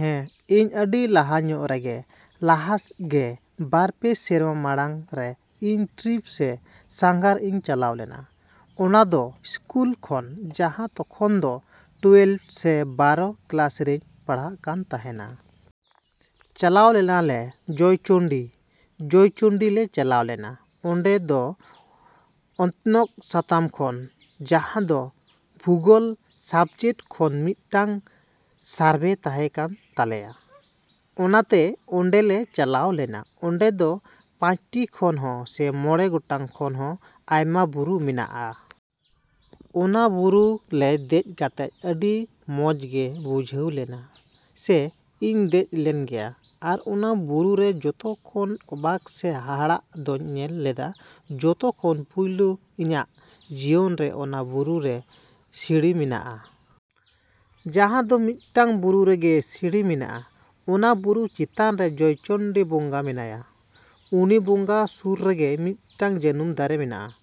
‎ᱦᱮᱸ, ᱤᱧ ᱟᱹᱰᱤ ᱞᱟᱦᱟ ᱧᱚᱜ ᱨᱮᱜᱮ, ᱞᱟᱦᱟ ᱜᱮ ᱵᱟᱨ ᱯᱮ ᱥᱮᱨᱢᱟ ᱢᱟᱲᱟᱝᱨᱮ ᱤᱧ ᱴᱨᱤᱯ ᱥᱮ ᱥᱟᱸᱜᱷᱟᱨ ᱤᱧ ᱪᱟᱞᱟᱣ ᱞᱮᱱᱟ᱾ ᱚᱱᱟ ᱫᱚ ᱤᱥᱠᱩᱞ ᱠᱷᱚᱱ, ᱡᱟᱦᱟᱸ ᱛᱚᱠᱷᱚᱱ ᱫᱚ ᱴᱩᱭᱮᱞᱵᱷ ᱥᱮ ᱵᱟᱨᱚ ᱠᱮᱞᱟᱥ ᱨᱮᱧ ᱯᱟᱲᱦᱟᱜ ᱠᱟᱱ ᱛᱟᱦᱮᱸᱱᱟ᱾ ᱪᱟᱞᱟᱣ ᱞᱮᱱᱟ ᱞᱮ ᱡᱚᱭᱪᱚᱱᱰᱤ᱾ ᱡᱚᱭᱪᱚᱱᱰᱤ ᱞᱮ ᱪᱟᱞᱟᱣ ᱞᱮᱱᱟ᱾ ᱚᱸᱰᱮ ᱫᱚ ᱚᱛᱱᱚᱜ ᱥᱟᱛᱟᱢ ᱠᱷᱚᱱ, ᱡᱟᱦᱟᱸ ᱫᱚ ᱵᱷᱩᱜᱳᱞ ᱥᱟᱵᱡᱮᱠᱴ ᱠᱷᱚᱱ ᱢᱤᱫᱴᱟᱝ ᱥᱟᱨᱵᱷᱮ ᱛᱟᱦᱮᱸ ᱠᱟᱱ ᱛᱟᱞᱮᱭᱟ᱾ ᱚᱱᱟᱛᱮ ᱚᱸᱰᱮ ᱞᱮ ᱪᱟᱞᱟᱣ ᱞᱮᱱᱟ᱾ ᱚᱸᱰᱮ ᱫᱚ ᱯᱟᱸᱪᱴᱤ ᱠᱷᱚᱱ ᱦᱚᱸ ᱥᱮ ᱢᱚᱬᱮ ᱜᱚᱴᱟᱝ ᱠᱷᱚᱱ ᱦᱚᱸ ᱟᱭᱢᱟ ᱵᱩᱨᱩ ᱢᱮᱱᱟᱜᱼᱟ᱾ ᱚᱱᱟ ᱵᱩᱨᱩ ᱞᱮ ᱫᱮᱡᱽ ᱠᱟᱛᱮ ᱟᱹᱰᱤ ᱢᱚᱡ ᱜᱮ ᱵᱩᱡᱷᱟᱹᱣ ᱞᱮᱱᱟ ᱥᱮ ᱤᱧ ᱫᱮᱡ ᱞᱮᱱ ᱜᱮᱭᱟ᱾ ᱟᱨ ᱚᱱᱟ ᱵᱩᱨᱩ ᱨᱮ ᱡᱚᱛᱚ ᱠᱷᱚᱱ ᱚᱵᱟᱠ ᱥᱮ ᱦᱟᱦᱟᱲᱟᱜ ᱫᱚᱧ ᱧᱮᱞ ᱞᱮᱫᱟ ᱡᱚᱛᱚ ᱠᱷᱚᱱ ᱯᱩᱭᱞᱳ ᱤᱧᱟᱹᱜ ᱡᱤᱭᱚᱱ ᱨᱮ ᱚᱱᱟ ᱵᱩᱨᱩ ᱨᱮ ᱥᱤᱲᱤ ᱢᱮᱱᱟᱜᱼᱟ᱾ ᱡᱟᱦᱟᱸ ᱫᱚ ᱢᱤᱫᱴᱟᱝ ᱵᱩᱨᱩ ᱨᱮᱜᱮ ᱥᱤᱲᱤ ᱢᱮᱱᱟᱜᱼᱟ᱾ ᱚᱱᱟ ᱵᱩᱨᱩ ᱪᱮᱛᱟᱱ ᱨᱮ ᱡᱚᱭᱪᱚᱱᱰᱤ ᱵᱚᱸᱜᱟ ᱢᱮᱱᱟᱭᱟ᱾ ᱩᱱᱤ ᱵᱚᱸᱜᱟ ᱥᱩᱨ ᱨᱮᱜᱮ ᱢᱤᱫᱴᱟᱝ ᱡᱟᱹᱱᱩᱢ ᱫᱟᱨᱮ ᱢᱮᱱᱟᱜᱼᱟ᱾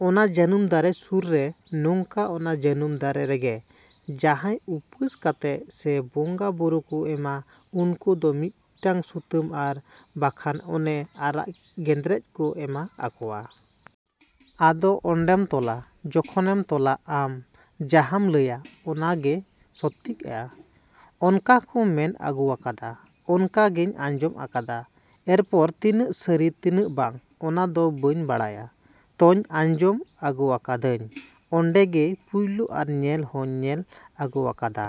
ᱚᱱᱟ ᱡᱟᱹᱱᱩᱢ ᱫᱟᱨᱮ ᱥᱩᱨ ᱨᱮ ᱱᱚᱝᱠᱟ ᱚᱱᱟ ᱡᱟᱹᱱᱩᱢ ᱫᱟᱨᱮ ᱨᱮᱜᱮ ᱡᱟᱦᱟᱭ ᱩᱯᱟᱹᱥ ᱠᱟᱛᱮ ᱥᱮ ᱵᱚᱸᱜᱟ ᱵᱩᱨᱩ ᱠᱚ ᱮᱢᱟ ᱩᱱᱠᱩ ᱫᱚ ᱢᱤᱫᱴᱟᱝ ᱥᱩᱛᱟᱹᱢ ᱟᱨ ᱵᱟᱠᱷᱟᱱ ᱚᱱᱮ ᱟᱨᱟᱜ ᱜᱮᱫᱨᱮᱡᱽ ᱠᱚ ᱮᱢᱟ ᱟᱠᱚᱣᱟ᱾ ᱟᱫᱚ ᱚᱸᱰᱮᱢ ᱛᱚᱞᱟ, ᱡᱚᱠᱷᱚᱱᱮᱢ ᱛᱚᱞᱟ ᱟᱢ ᱡᱟᱦᱟᱸᱢ ᱞᱟᱹᱭᱟ ᱚᱱᱟ ᱜᱮ ᱥᱚᱛᱤᱜᱼᱟ᱾ ᱚᱱᱠᱟ ᱠᱚ ᱢᱮᱱ ᱟᱹᱜᱩᱣᱟᱠᱟᱫᱟ, ᱚᱱᱠᱟ ᱜᱮᱧ ᱟᱡᱚᱢ ᱟᱠᱟᱫᱟ᱾ ᱮᱨᱯᱚᱨ ᱛᱤᱱᱟᱹᱜ ᱥᱟᱹᱨᱤ ᱛᱤᱱᱟᱹᱜ ᱵᱟᱝ ᱚᱱᱟ ᱫᱚ ᱵᱟᱹᱧ ᱵᱟᱲᱟᱭᱟ᱾ ᱛᱚᱧ ᱟᱸᱡᱚᱢ ᱟᱹᱜᱩᱣᱟᱠᱟᱫᱟᱹᱧ ᱚᱸᱰᱮ ᱜᱮ ᱯᱩᱭᱞᱩ ᱟᱨ ᱧᱮᱞ ᱦᱚᱧ ᱧᱮᱞ ᱟᱹᱜᱩᱣᱟᱠᱟᱫᱟ᱾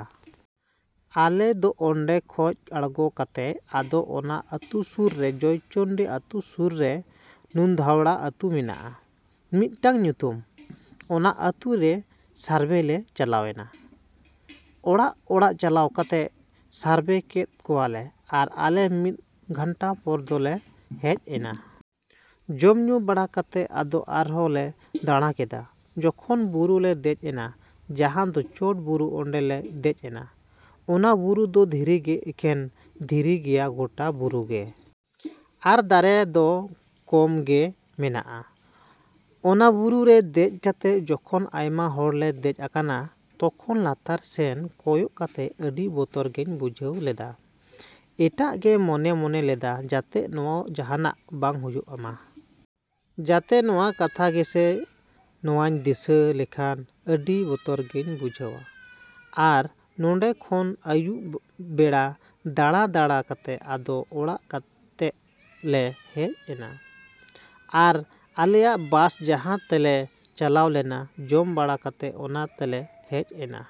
ᱟᱞᱮ ᱫᱚ ᱚᱸᱰᱮ ᱠᱷᱚᱡ ᱟᱲᱜᱚ ᱠᱟᱛᱮᱫ ᱟᱫᱚ ᱚᱱᱟ ᱟᱹᱛᱩ ᱥᱩᱨ ᱨᱮ, ᱡᱚᱭᱪᱚᱱᱰᱤ ᱟᱹᱛᱩ ᱥᱩᱨ ᱨᱮ ᱱᱩᱱᱫᱩᱣᱟᱲᱟ ᱟᱹᱛᱩ ᱢᱮᱱᱟᱜᱼᱟ ᱢᱤᱫᱴᱟᱝ ᱧᱩᱛᱩᱢ᱾ ᱚᱱᱟ ᱟᱹᱛᱩ ᱨᱮ ᱥᱟᱨᱵᱷᱮ ᱞᱮ ᱪᱟᱞᱟᱣᱮᱱᱟ᱾ ᱚᱲᱟᱜᱼᱚᱲᱟᱜ ᱪᱟᱞᱟᱣ ᱠᱟᱛᱮ ᱥᱟᱨᱵᱷᱮ ᱠᱮᱫ ᱠᱚᱣᱟ ᱞᱮ ᱟᱨ ᱟᱞᱮ ᱢᱤᱫ ᱜᱷᱚᱱᱴᱟ ᱯᱚᱨ ᱫᱚ ᱞᱮ ᱦᱮᱡ ᱮᱱᱟ᱾ ᱡᱚᱢ ᱧᱩ ᱵᱟᱲᱟ ᱠᱟᱛᱮ ᱟᱫᱚ ᱟᱨᱦᱚᱸ ᱞᱮ ᱫᱟᱸᱲᱟ ᱠᱮᱫᱟ᱾ ᱡᱚᱠᱷᱚᱱ ᱵᱩᱨᱩ ᱞᱮ ᱫᱮᱡᱽ ᱮᱱᱟ, ᱡᱟᱦᱟᱸ ᱫᱚ ᱪᱚᱴ ᱵᱩᱨᱩ ᱚᱸᱰᱮ ᱞᱮ ᱫᱮᱡ ᱮᱱᱟ᱾ ᱚᱱᱟ ᱵᱩᱨᱩ ᱫᱚ ᱫᱷᱤᱨᱤ ᱜᱮ, ᱮᱠᱷᱮᱱ ᱫᱷᱤᱨᱤ ᱜᱮᱭᱟ ᱜᱚᱴᱟ ᱵᱩᱨᱩ ᱜᱮ᱾ ᱟᱨ ᱫᱟᱨᱮ ᱫᱚ ᱠᱚᱢ ᱜᱮ ᱢᱮᱱᱟᱜᱼᱟ᱾ ᱚᱱᱟ ᱵᱩᱨᱩ ᱨᱮ ᱫᱮᱡ ᱠᱟᱛᱮ ᱡᱚᱠᱷᱚᱱ ᱟᱭᱢᱟ ᱦᱚᱲ ᱞᱮ ᱫᱮᱡ ᱟᱠᱟᱱᱟ, ᱛᱚᱠᱷᱚᱱ ᱞᱟᱛᱟᱨ ᱥᱮᱱ ᱠᱚᱭᱚᱜ ᱠᱟᱛᱮ ᱟᱹᱰᱤ ᱵᱚᱛᱚᱨ ᱜᱮᱧ ᱵᱩᱡᱷᱟᱹᱣ ᱞᱮᱫᱟ᱾ ᱮᱴᱟᱜ ᱜᱮ ᱢᱚᱱᱮ ᱢᱮᱱ ᱞᱮᱫᱟ ᱡᱟᱛᱮ ᱱᱚᱣᱟ ᱡᱟᱦᱟᱱᱟᱜ ᱵᱟᱝ ᱦᱩᱭᱩᱜ ᱢᱟ᱾ ᱡᱟᱛᱮ ᱱᱚᱣᱟ ᱠᱟᱛᱷᱟ ᱜᱮ ᱥᱮ ᱱᱚᱣᱟᱧ ᱫᱤᱥᱟᱹ ᱞᱮᱠᱷᱟᱱ ᱟᱹᱰᱤ ᱵᱚᱛᱚᱨ ᱜᱮᱧ ᱵᱩᱡᱷᱟᱹᱣᱟ᱾ ᱟᱨ ᱚᱸᱰᱮ ᱠᱷᱚᱱ ᱟᱭᱩᱵ ᱵᱮᱲᱟ ᱫᱟᱸᱲᱟ ᱫᱟᱸᱲᱟ ᱠᱟᱛᱮ ᱟᱫᱚ ᱟᱲᱜᱚ ᱠᱟᱛᱮ ᱞᱮ ᱦᱮᱡ ᱮᱱᱟ᱾ ᱟᱨ ᱟᱞᱮᱭᱟᱜ ᱵᱟᱥ ᱡᱟᱦᱟᱸ ᱛᱮᱞᱮ ᱪᱟᱞᱟᱣ ᱞᱮᱱᱟ, ᱡᱚᱢ ᱵᱟᱲᱟ ᱠᱟᱛᱮ ᱚᱱᱟ ᱛᱮᱞᱮ ᱦᱮᱡ ᱮᱱᱟ᱾।